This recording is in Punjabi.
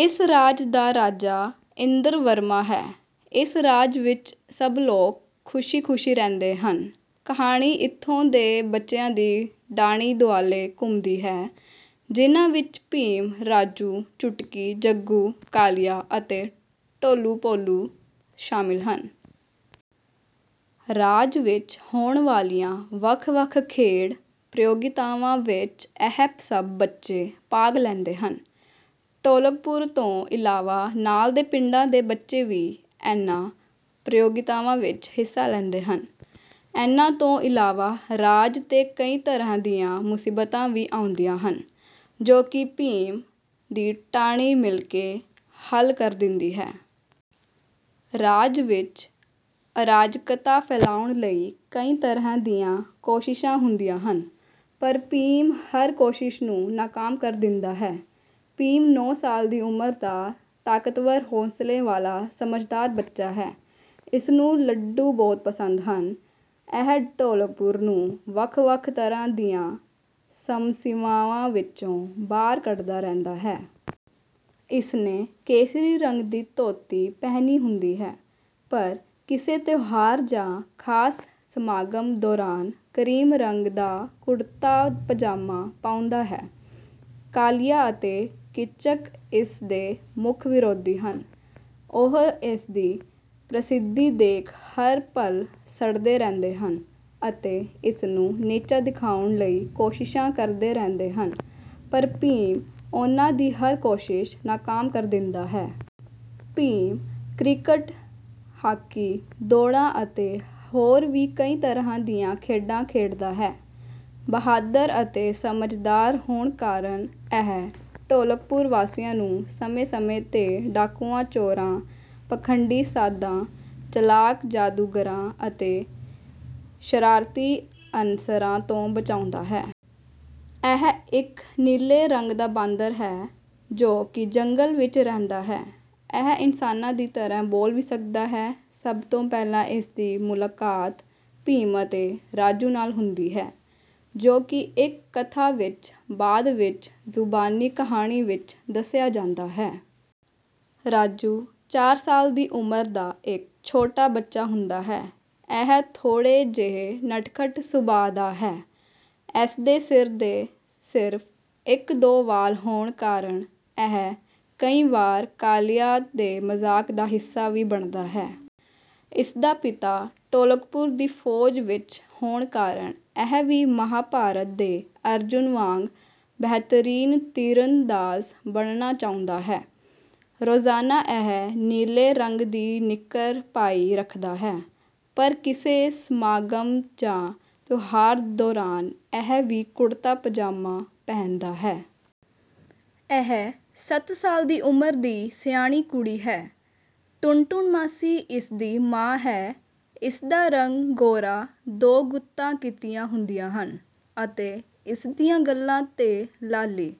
ਇਸ ਰਾਜ ਦਾ ਰਾਜਾ ਇੰਦਰਵਰਮਾ ਹੈ। ਇਸ ਰਾਜ ਵਿੱਚ ਸਭ ਲੋਕ ਖੁਸ਼ੀ ਖੁਸ਼ੀ ਰਹਿੰਦੇ ਹਨ। ਕਹਾਣੀ ਇੱਥੋਂ ਦੇ ਬੱਚਿਆਂ ਦੀ ਢਾਣੀ ਦੁਆਲੇ ਘੁੰਮਦੀ ਹੈ ਜਿੰਨਾ ਵਿੱਚ ਭੀਮ ਰਾਜੂ ਚੁਟਕੀ ਜੱਗੂ ਕਾਲੀਆ ਅਤੇ ਢੋਲੂ ਭੋਲੂ ਸ਼ਾਮਿਲ ਹਨ। ਰਾਜ ਵਿੱਚ ਹੋਣ ਵਾਲੀਆਂ ਵੱਖ ਵੱਖ ਖੇਡ ਪ੍ਰਤੀਯੋਗਿਤਾਵਾਂ ਵਿੱਚ ਇਹ ਸਭ ਬੱਚੇ ਭਾਗ ਲੈਂਦੇ ਹਨ। ਢੋਲਕਪੁਰ ਤੋਂ ਇਲਾਵਾ ਨਾਲ ਦੇ ਪਿੰਡਾਂ ਦੇ ਬੱਚੇ ਵੀ ਇਹਨਾਂ ਪ੍ਰਤੀਯੋਗਿਤਾਵਾਂ ਵਿੱਚ ਹਿੱਸਾ ਲੈਂਦੇ ਹਨ। ਇਹਨਾਂ ਤੋਂ ਇਲਾਵਾ ਰਾਜ ਤੇ ਕਈ ਤਰ੍ਹਾਂ ਦੀਆਂ ਮੁਸੀਬਤਾਂ ਵੀ ਆਉਂਦੀਆਂ ਹਨ ਜੋ ਕਿ ਭੀਮ ਦੀ ਢਾਣੀ ਮਿਲ ਕੇ ਹੱਲ ਕਰ ਦਿੰਦੀ ਹੈ। ਰਾਜ ਵਿੱਚ ਅਰਾਜਕਤਾ ਫੈਲਾਉਣ ਲਈ ਕਈ ਤਰ੍ਹਾਂ ਦੀਆਂ ਕੋਸ਼ਿਸ਼ਾਂ ਹੁੰਦੀਆਂ ਹਨ ਪਰ ਭੀਮ ਹਰ ਕੋਸ਼ਿਸ਼ ਨੂੰ ਨਾਕਾਮ ਕਰ ਦਿੰਦਾ ਹੈ। ਭੀਮ ਨੌ ਸਾਲ ਦੀ ਉਮਰ ਦਾ ਤਾਕਤਵਰ ਹੌਸਲੇ ਵਾਲਾ ਸਮਝਦਾਰ ਬੱਚਾ ਹੈ। ਇਸਨੂੰ ਲੱਡੂ ਬਹੁਤ ਪਸੰਦ ਹਨ ਇਹ ਢੋਲਕਪੁਰ ਨੂੰ ਵੱਖ ਵੱਖ ਤਰ੍ਹਾਂ ਦੀਆਂ ਸਮੱਸਿਆਵਾਂ ਵਿੱਚੋਂ ਬਾਹਰ ਕੱਢਦਾ ਰਹਿੰਦਾ ਹੈ। ਇਸਨੇ ਕੇਸਰੀ ਰੰਗ ਦੀ ਧੋਤੀ ਪਹਿਨੀ ਹੁੰਦੀ ਹੈ ਪਰ ਕਿਸੇ ਤਿਉਹਾਰ ਜਾਂ ਖਾਸ ਸਮਾਗਮ ਦੌਰਾਨ ਕਰੀਮ ਰੰਗ ਦਾ ਕੁੜਤਾ ਪਜਾਮਾ ਪਾਉਂਦਾ ਹੈ। ਕਾਲੀਆ ਅਤੇ ਕੀਚਕ ਇਸਦੇ ਮੁੱਖ ਵਿਰੋਧੀ ਹਨ। ਉਹ ਇਸਦੀ ਪ੍ਰਸਿੱਧੀ ਦੇਖ ਹਰ ਪਲ ਸੜਦੇ ਰਹਿੰਦੇ ਹਨ ਅਤੇ ਇਸਨੂੰ ਨੀਚਾ ਦਿਖਾਉਣ ਲਈ ਕੋਸ਼ਿਸ਼ਾਂ ਕਰਦੇ ਰਹਿੰਦੇ ਹਨ ਪਰ ਭੀਮ ਉਨ੍ਹਾਂ ਦੀ ਹਰ ਕੋਸ਼ਿਸ਼ ਨਾਕਾਮ ਕਰ ਦਿੰਦਾ ਹੈ। ਭੀਮ ਕ੍ਰਿਕਟ ਹਾਕੀ ਦੌੜਾਂ ਅਤੇ ਹੋਰ ਵੀ ਕਈ ਤਰ੍ਹਾਂ ਦੀਆਂ ਖੇਡਾਂ ਖੇਡਦਾ ਹੈ। ਬਹਾਦਰ ਅਤੇ ਸਮਝਦਾਰ ਹੋਣ ਕਾਰਨ ਇਹ ਢੋਲਕਪੁਰ ਵਾਸੀਆਂ ਨੂੰ ਸਮੇਂ ਸਮੇਂ ਤੇ ਡਾਕੂਆਂ ਚੋਰਾਂ ਪਖੰਡੀ ਸਾਧਾਂ ਚਲਾਕ ਜਾਦੂਗਰਾਂ ਅਤੇ ਸ਼ਰਾਰਤੀ ਅਨਸਰਾਂ ਤੋਂ ਬਚਾਉਂਦਾ ਹੈ। ਇਹ ਇੱਕ ਨੀਲੇ ਰੰਗ ਦਾ ਬਾਂਦਰ ਹੈ ਜੋ ਕਿ ਜੰਗਲ ਵਿੱਚ ਰਹਿੰਦਾ ਹੈ। ਇਹ ਇਨਸਾਨਾਂ ਦੀ ਤਰ੍ਹਾਂ ਬੋਲ ਵੀ ਸਕਦਾ ਹੈ। ਸਭ ਤੋਂ ਪਹਿਲਾਂ ਇਸਦੀ ਮੁਲਾਕਾਤ ਭੀਮ ਅਤੇ ਰਾਜੂ ਨਾਲ ਹੁੰਦੀ ਹੈ ਜੋ ਕਿ ਇੱਕ ਕਥਾ ਵਿੱਚ ਬਾਅਦ ਵਿੱਚ ਜ਼ੁਬਾਨੀ ਕਹਾਣੀ ਵਿੱਚ ਦੱਸਿਆ ਜਾਂਦਾ ਹੈ। ਰਾਜੂ ਚਾਰ ਸਾਲ ਦੀ ਉਮਰ ਦਾ ਇੱਕ ਛੋਟਾ ਬੱਚਾ ਹੁੰਦਾ ਹੈ। ਇਹ ਥੋੜ੍ਹੇ ਜਿਹੇ ਨਟਖਟ ਸੁਭਾਅ ਦਾ ਹੈ। ਇਸਦੇ ਸਿਰ ਤੇ ਸਿਰਫ ਇੱਕ ਦੋ ਵਾਲ ਹੋਣ ਕਾਰਨ ਇਹ ਕਈ ਵਾਰ ਕਾਲੀਆ ਦੇ ਮਜ਼ਾਕ ਦਾ ਹਿੱਸਾ ਵੀ ਬਣਦਾ ਹੈ। ਇਸਦਾ ਪਿਤਾ ਢੋਲਕਪੁਰ ਦੀ ਫੌਜ ਵਿੱਚ ਹੋਣ ਕਾਰਨ ਇਹ ਵੀ ਮਹਾਭਾਰਤ ਦੇ ਅਰਜੁਨ ਵਾਂਗ ਬਿਹਤਰੀਨ ਤੀਰਅੰਦਾਜ਼ ਬਣਨਾ ਚਾਹੁੰਦਾ ਹੈ। ਰੋਜ਼ਾਨਾ ਇਹ ਨੀਲੇ ਰੰਗ ਦੀ ਨਿੱਕਰ ਪਾਈ ਰੱਖਦਾ ਹੈ ਪਰ ਕਿਸੇ ਸਮਾਗਮ ਜਾਂ ਤਿਉਹਾਰ ਦੌਰਾਨ ਇਹ ਵੀ ਕੁੜਤਾ ਪਜਾਮਾ ਪਹਿਨਦਾ ਹੈ। ਇਹ ਸਤ ਸਾਲ ਦੀ ਉਮਰ ਦੀ ਸਿਆਣੀ ਕੁੜੀ ਹੈ। ਟੁਨਟੁਨ ਮਾਸੀ ਇਸਦੀ ਮਾਂ ਹੈ। ਇਸਦਾ ਰੰਗ ਗੋਰਾ ਦੋ ਗੁੱਤਾਂ ਕੀਤੀਆਂ ਹੁੰਦੀਆਂ ਹਨ ਅਤੇ ਇਸਦੀਆਂ ਗੱਲਾਂ ਤੇ ਲਾਲੀ